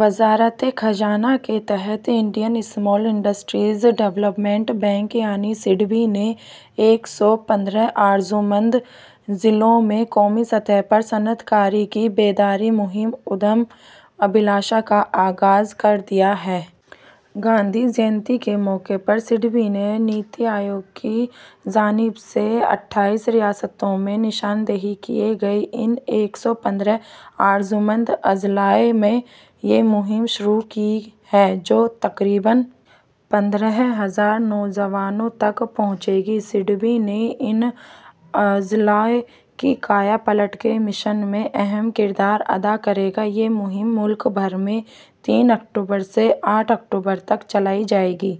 وزارت خزانہ کے تحت Indian small industries development bank یعنی سڈبی نے ایک سو پندرہ آرزومند ضلعوں میں قومی سطح پر صنعت کاری کی بیداری مہم ادیم ابھیلاشا کا آغاز کر دیا ہے گاندھی جے نتی کے موقع پر سڈبی نے نیتی آیوگ کی جانب سے اٹھائیس ریاستوں میں نشاندہی کیے گئے ان ایک سو پندرہ آرزومند اضلاع میں یہ مہم شروع کی ہے جو تقریباً پندرہ ہزار نوجوانوں تک پہنچے گی سڈبی ان اضلاع کی کایا پلٹ کے مشن میں اہم کردار ادا کرے گا یہ مہم ملک بھر میں تین اکتوبر سے آٹھ اکتوبر تک چلائی جائے گی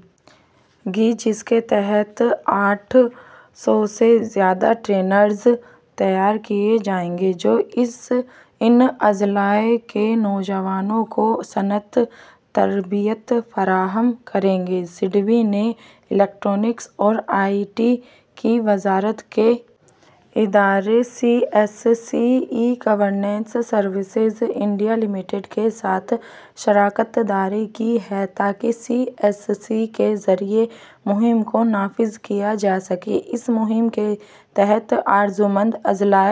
جس کے تحت آٹھ سو سے زیادہ ٹرینرز تیار کیے جائیں گے جو ان اضلاع کے نوجوانوں کو صنعتی تربیت فراہم کریں گے سڈبی نے الیکٹرونکس اور آئی ٹی کی وزارت کے ادارے C S C e governance services India limited کے ساتھ شراکت داری کی ہے تاکہ سی ایس سی کے ذریعے مہم کو نافذ کیا جا سکے اس مہم کے تحت آرزومند اضلاع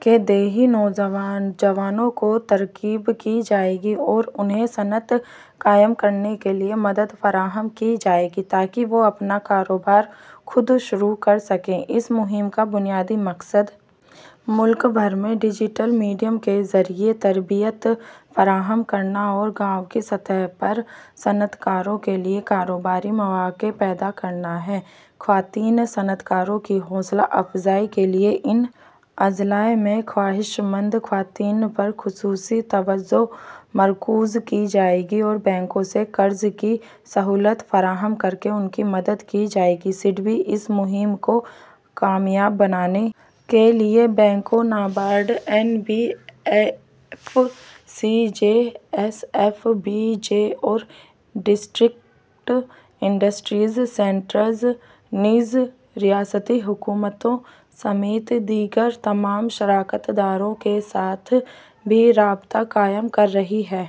کے دیہی نوجوانوں کو ترغیب دی جائے گی اور انہیں صنعت قائم کرنے کے لیے مدد فراہم کی جائے گی تاکہ وہ اپنا کاروبار خود شروع کر سکیں اس مہم کا بنیادی مقصد ملک بھر میں ڈیجیٹل میڈیم کے ذریعے تربیت فراہم کرنا اور گاؤں کی سطح پر صنعت کاروں کے لیے کاروباری مواقع پیدا کرنا ہے خواتین صنعت کاروں کی حوصلہ افزائی کے لیے ان اضلاع میں خواہش مند خواتین پر خصوصی توجہ مرکوز کی جائے گی اور بینکوں سے قرض کی سہولت فراہم کر کے ان کی مدد کی جائے گی سڈبی اس مہم کو کامیاب بنانے کے لیے بینکوں NABARD N B F Cs S F Bs اور ڈسٹرکٹ انڈسٹریز سینٹرز نیز ریاستی حکومتوں سمیت دیگر تمام شراکت داروں کے ساتھ بھی رابطہ قائم کر رہی ہے